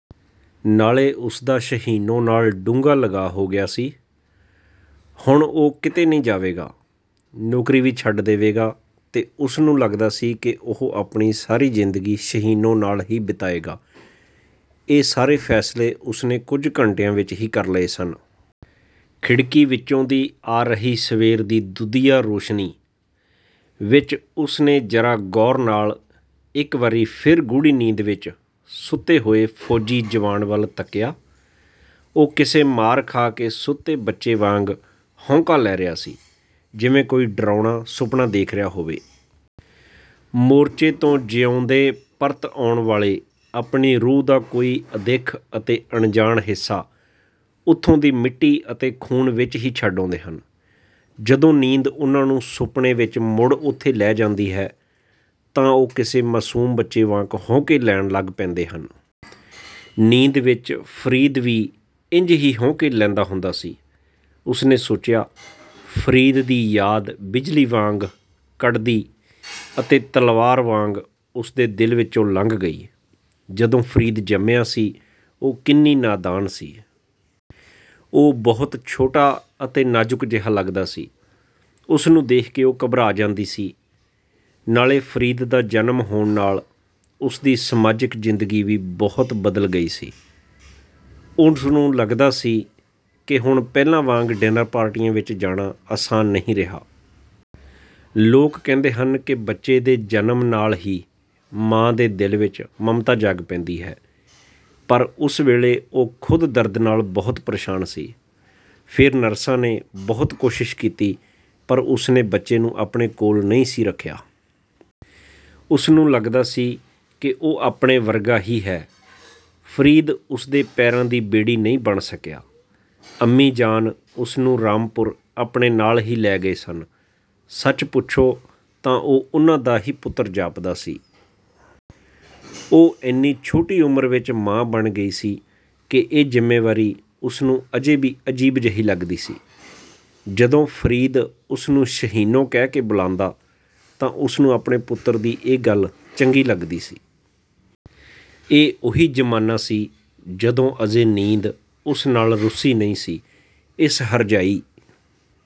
ਨਾਲੇ ਉਸਦਾ ਸ਼ਹੀਨੋ ਨਾਲ ਡੂੰਘਾ ਲਗਾਅ ਹੋ ਗਿਆ ਸੀ। ਹੁਣ ਉਹ ਕਿਤੇ ਨਹੀਂ ਜਾਵੇਗਾ। ਨੌਕਰੀ ਵੀ ਛੱਡ ਦੇਵੇਗਾ ਤੇ ਉਸਨੂੰ ਲੱਗਦਾ ਸੀ ਕਿ ਹੁਣ ਉਹ ਆਪਣੀ ਸਾਰੀ ਜ਼ਿੰਦਗੀ ਸ਼ਹੀਨੋ ਨਾਲ ਹੀ ਬਿਤਾਏਗਾ। ਇਹ ਸਾਰੇ ਫ਼ੈਸਲੇ ਉਸਨੇ ਕੁਝ ਘੰਟਿਆਂ ਵਿੱਚ ਹੀ ਕਰ ਲਏ ਸਨ। ਖਿੜਕੀ ਵਿਚੋਂ ਆ ਰਹੀ ਸਵੇਰ ਦੀ ਦੁੱਧੀਆ ਰੋਸ਼ਨੀ ਵਿੱਚ ਉਸਨੇ ਜ਼ਰਾ ਗੌਰ ਨਾਲ ਇੱਕ ਵਾਰੀ ਫਿਰ ਗੂੜ੍ਹੀ ਨੀਂਦ ਵਿੱਚ ਸੁੱਤੇ ਹੋਏ ਫੌਜੀ ਜਵਾਨ ਵੱਲ ਤੱਕਿਆ। ਉਹ ਕਿਸੇ ਮਾਰ ਖਾ ਕੇ ਸੁੱਤੇ ਬੱਚੇ ਵਾਂਗ ਹੌਂਕਾ ਲੈ ਰਿਹਾ ਸੀ, ਜਿਵੇਂ ਕੋਈ ਡਰਾਉਣਾ ਸੁਪਨਾ ਦੇਖ ਰਿਹਾ ਹੋਵੇ। ਮੋਰਚੇ ਤੋਂ ਜਿਊਂਦੇ ਪਰਤ ਆਉਣ ਵਾਲੇ ਆਪਣੀ ਰੂਹ ਦਾ ਕੋਈ ਅਦਿੱਖ ਤੇ ਅਣਜਾਣ ਹਿੱਸਾ ਉੱਥੋਂ ਦੀ ਮਿੱਟੀ ਤੇ ਖ਼ੂਨ ਵਿੱਚ ਹੀ ਛੱਡ ਆਉਂਦੇ ਨੇ। ਜਦੋਂ ਨੀਂਦ ਉਹਨਾਂ ਨੂੰ ਸੁਪਨੇ ਵਿੱਚ ਮੁੜ ਉੱਥੇ ਲੈ ਜਾਂਦੀ ਹੈ, ਤਾਂ ਉਹ ਕਿਸੇ ਮਾਸੂਮ ਬੱਚੇ ਵਾਂਗ ਹੌਂਕੇ ਲੈਣ ਲੱਗ ਪੈਂਦੇ ਨੇ। "ਨੀਂਦ ਵਿੱਚ ਫ਼ਰੀਦ ਵੀ ਇੰਝ ਹੀ ਹੌਂਕੇ ਲੈਂਦਾ ਹੁੰਦਾ ਸੀ," ਉਸਨੇ ਸੋਚਿਆ। ਫ਼ਰੀਦ ਦੀ ਯਾਦ ਬਿਜਲੀ ਵਾਂਗ ਕੜਕੀ ਤੇ ਤਲਵਾਰ ਵਾਂਗ ਉਸਦੇ ਦਿਲ ਵਿੱਚੋਂ ਲੰਘ ਗਈ। ਜਦੋਂ ਫ਼ਰੀਦ ਜੰਮਿਆ ਸੀ, ਉਹ ਕਿੰਨੀ ਨਾਦਾਨ ਸੀ। ਉਹ ਬਹੁਤ ਛੋਟਾ ਤੇ ਨਾਜ਼ੁਕ ਜਿਹਾ ਲੱਗਦਾ ਸੀ, ਉਸਨੂੰ ਦੇਖ ਕੇ ਉਹ ਘਬਰਾ ਜਾਂਦੀ ਸੀ। ਨਾਲੇ ਫ਼ਰੀਦ ਦਾ ਜਨਮ ਹੋਣ ਨਾਲ ਉਸਦੀ ਸਮਾਜਿਕ ਜ਼ਿੰਦਗੀ ਵੀ ਬਹੁਤ ਬਦਲ ਗਈ ਸੀ। ਉਸਨੂੰ ਲੱਗਦਾ ਸੀ ਕਿ ਹੁਣ ਪਹਿਲਾਂ ਵਾਂਗ ਡਿਨਰ ਪਾਰਟੀਆਂ ਵਿੱਚ ਜਾਣਾ ਆਸਾਨ ਨਹੀਂ ਰਿਹਾ। ਲੋਕ ਕਹਿੰਦੇ ਹਨ ਕਿ ਬੱਚੇ ਦੇ ਜਨਮ ਨਾਲ ਹੀ ਮਾਂ ਦੇ ਦਿਲ ਵਿੱਚ ਮਮਤਾ ਜਾਗ ਪੈਂਦੀ ਹੈ, ਪਰ ਉਸ ਵੇਲੇ ਉਹ ਖ਼ੁਦ ਦਰਦ ਨਾਲ ਬਹੁਤ ਪਰੇਸ਼ਾਨ ਸੀ। ਫੇਰ ਨਰਸਾਂ ਨੇ ਬਹੁਤ ਕੋਸ਼ਿਸ਼ ਕੀਤੀ, ਪਰ ਉਸਨੇ ਬੱਚੇ ਨੂੰ ਆਪਣੇ ਕੋਲ ਨਹੀਂ ਸੀ ਰੱਖਿਆ। ਉਸਨੂੰ ਲੱਗਦਾ ਸੀ ਕਿ ਉਹ ਆਪਣੇ ਪਿਉ ਵਰਗਾ ਹੀ ਹੈ। ਫ਼ਰੀਦ ਉਸਦੇ ਪੈਰਾਂ ਦੀ ਬੇੜੀ ਨਹੀਂ ਬਣ ਸਕਿਆ। ਅੰਮੀ ਜਾਨ ਉਸਨੂੰ ਰਾਮਪੁਰ ਆਪਣੇ ਨਾਲ ਹੀ ਲੈ ਗਏ ਸਨ। ਸੱਚ ਪੁੱਛੋ ਤਾਂ ਉਹ ਉਹਨਾਂ ਦਾ ਹੀ ਪੁੱਤਰ ਜਾਪਦਾ ਸੀ। ਉਹ ਏਨੀ ਛੋਟੀ ਉਮਰ ਵਿੱਚ ਮਾਂ ਬਣ ਗਈ ਸੀ ਕਿ ਇਹ ਜ਼ਿੰਮੇਵਾਰੀ ਉਸਨੂੰ ਅਜੇ ਵੀ ਅਜੀਬ ਜਿਹੀ ਲੱਗਦੀ ਸੀ। ਜਦੋਂ ਫ਼ਰੀਦ ਉਸਨੂੰ "ਸ਼ਹੀਨੋ" ਕਹਿ ਕੇ ਬੁਲਾਂਦਾ, ਤਾਂ ਉਸਨੂੰ ਆਪਣੇ ਪੁੱਤਰ ਦੀ ਇਹ ਗੱਲ ਚੰਗੀ ਲੱਗਦੀ ਸੀ। ਇਹ ਉਹੀ ਜ਼ਮਾਨਾ ਸੀ, ਜਦੋਂ ਅਜੇ ਨੀਂਦ ਉਸ ਨਾਲ ਰੁੱਸੀ ਨਹੀਂ ਸੀ। ਇਸ ਹਰਜਾਈ...